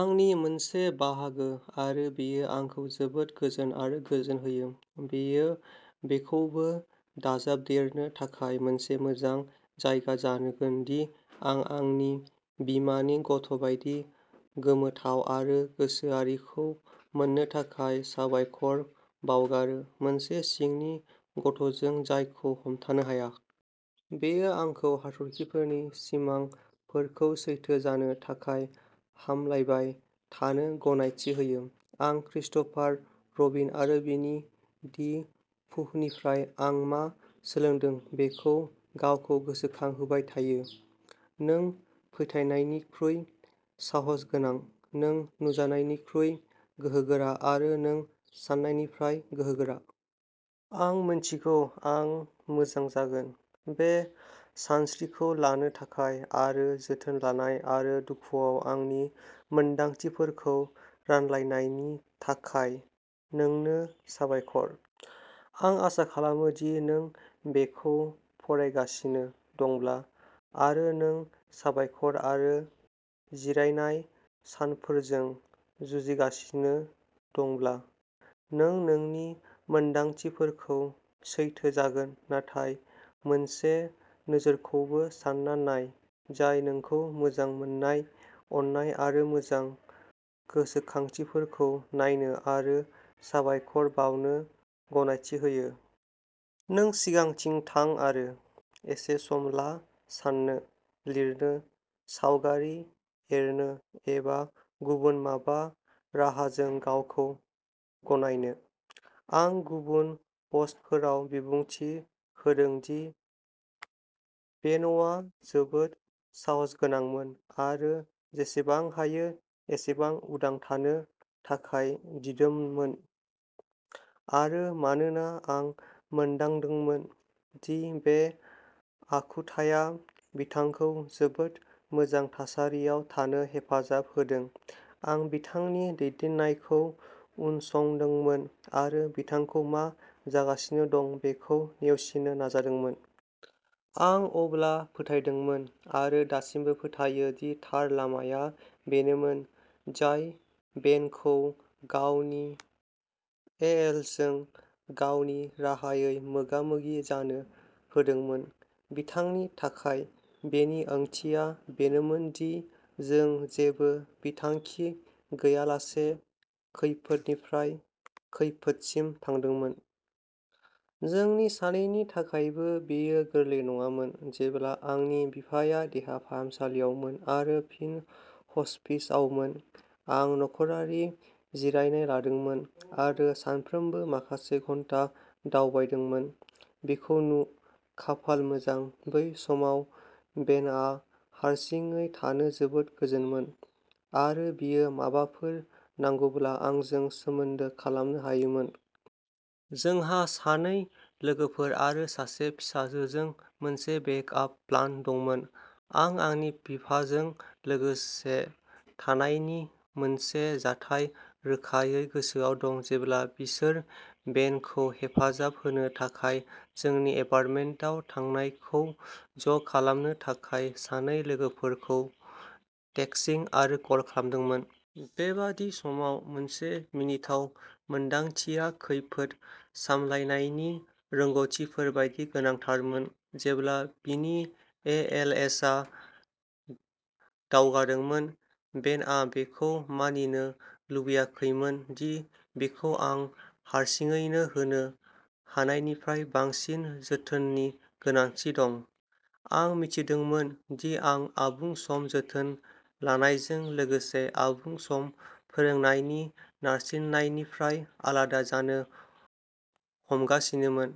आंनि मोनसे बाहागो, आरो बेयो आंखौ जोबोद गोजोन आरो गोजोन होयो। बेयो बेखौबो दाजाबदेरनो थाखाय मोनसे मोजां जायगा जागोन दि आं आंनि बिमानि गथ' बायदि गोमोथाव आरो गोसोआरिखौ मोननो थाखाय साबायखर बावगारो, मोनसे सिंनि गथ'जों जायखौ हमथानो हाया। बेयो आंखौ हाथरखिफोरनि सिमांफोरखौ सैथो जानो थाखाय हामलायबाय थानो गनायथि होयो। आं क्रिस्ट'फार रबिन आरो विनि-दि-पूहनिफ्राय आं मा सोलोंदों बेखौ गावखौ गोसोखांहोबाय थायो।"नों फोथायनायनिख्रुइ साहसगोनां, नों नुजानायनिख्रुइ गोहोगोरा आरो नों सान्नायनिफ्राय गोहोगोरा। आं मिन्थिगौ आं मोजां जागोन। बे सानस्रिखौ लानो थाखाय आरो जोथोन लानाय आरो दुखुआव आंनि मोनदांथिफोरखौ रानलायनायनि थाखाय नोंनो साबायखर। आं आसा खालामो दि नों बेखौ फरायगासिनो दंब्ला, आरो नों साबायखर आरो जिरायनाय सानफोरजों जुजिगासिनो दंब्ला, नों नोंनि मोनदांथिफोरखौ सैथो जागोन नाथाय मोनसे नोजोरखौबो सान्ना नाय जाय नोंखौ मोजां मोननाय, अननाय आरो मोजां गोसोखांथिफोरखौ नायनो आरो साबायखर बावनो गनायथि होयो। नों सिगांथिं थां आरो, एसे सम ला साननो, लिरनो, सावगारि एरनो एबा गुबुन माबा राहाजों गावखौ गनायनो। आं गुबुन पस्टफोराव बिबुंथि होदों दि बेन'आ जोबोद साहसगोनांमोन आरो जेसेबां हायो एसेबां उदां थानो थाखाय दिदोममोन, आरो मानोना आं मोनदांदोंमोन दि बे आखुथाया बिथांखौ जोबोद मोजां थासारियाव थानो हेफाजाब होदों, आं बिथांनि दैदेननायखौ उनसंदोंमोन आरो बिथांखौ मा जागासिनो दं बेखौ नेवसिनो नाजादोंमोन। आं अब्ला फोथायदोंमोन, आरो दासिमबो फोथायो, दि थार लामाया बेनोमोन जाय बेनखौ गावनि एएलएसजों गावनि राहायै मोगा मोगि जानो होदोंमोन। बिथांनि थाखाय, बेनि ओंथिया बेनोमोन दि जों जेबो बिथांखि गैयालासे खैफोदनिफ्राय खैफोदसिम थांदोंमोन। जोंनि सानैनि थाखायबो बेयो गोरलै नङामोन। जेब्ला आंनि बिफाया देहा फाहामसालियावमोन आरो फिन हस्पिसआवमोन, आं नखरारि जिरायनाय लादोंमोन आरो सानफ्रोमबो माखासे घन्टा दावबायदोंमोन। बिखौ नु। खाफाल मोजां, बै समाव बेनआ हारसिङै थानो जोबोद गोजोनमोन, आरो बियो माबाफोर नांगौब्ला आंजों सोमोन्दो खालामनो हायोमोन। जोंहा सानै लोगोफोर आरो सासे फिसाजोजों मोनसे बेक आप प्लान दंमोन। आं आंनि बिफाजों लोगोसे थानायनि मोनसे जाथाय रोखायै गोसोआव दं जेब्ला बिसोर बेनखौ हेफाजाब होनो थाखाय जोंनि एपार्टमेन्टआव थांनायखौ ज' खालामनो थाखाय सानै लोगोफोरखौ टेक्सिं आरो कल खामदोंमोन। बेबादि समाव, मोनसे मिनिथाव मोन्दांथिया खैफोद सामलायनायनि रोंग'थिफोर बायदि गोनांथारमोन। जेब्ला बिनि एएलएसआ दावगादोंमोन, बेनआ बेखौ मानिनो लुबैयाखैमोन दि बिखौ आं हारसिङैनो होनो हानायनिफ्राय बांसिन जोथोननि गोनांथि दं। आं मिथिदोंमोन दि आं आबुं सम जोथोन लानायजों लोगोसे आबुं सम फोरोंनायनि नारसिननायनिफ्राय आलादा जानो हमगासिनोमोन,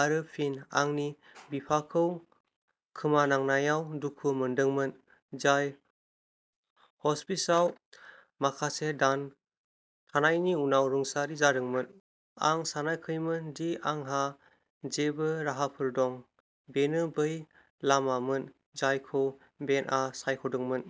आरो फिन, आंनि बिफाखौ खोमानांनायाव दुखु मोनदोंमोन, जाय ह'स्पिसआव माखासे दान थानायनि उनाव रुंसारि जादोंमोन। आं सानाखैमोन दि आंहा जेबो राहाफोर दं। बेनो बै लामामोन जायखौ बेनआ सायख'दोंमोन।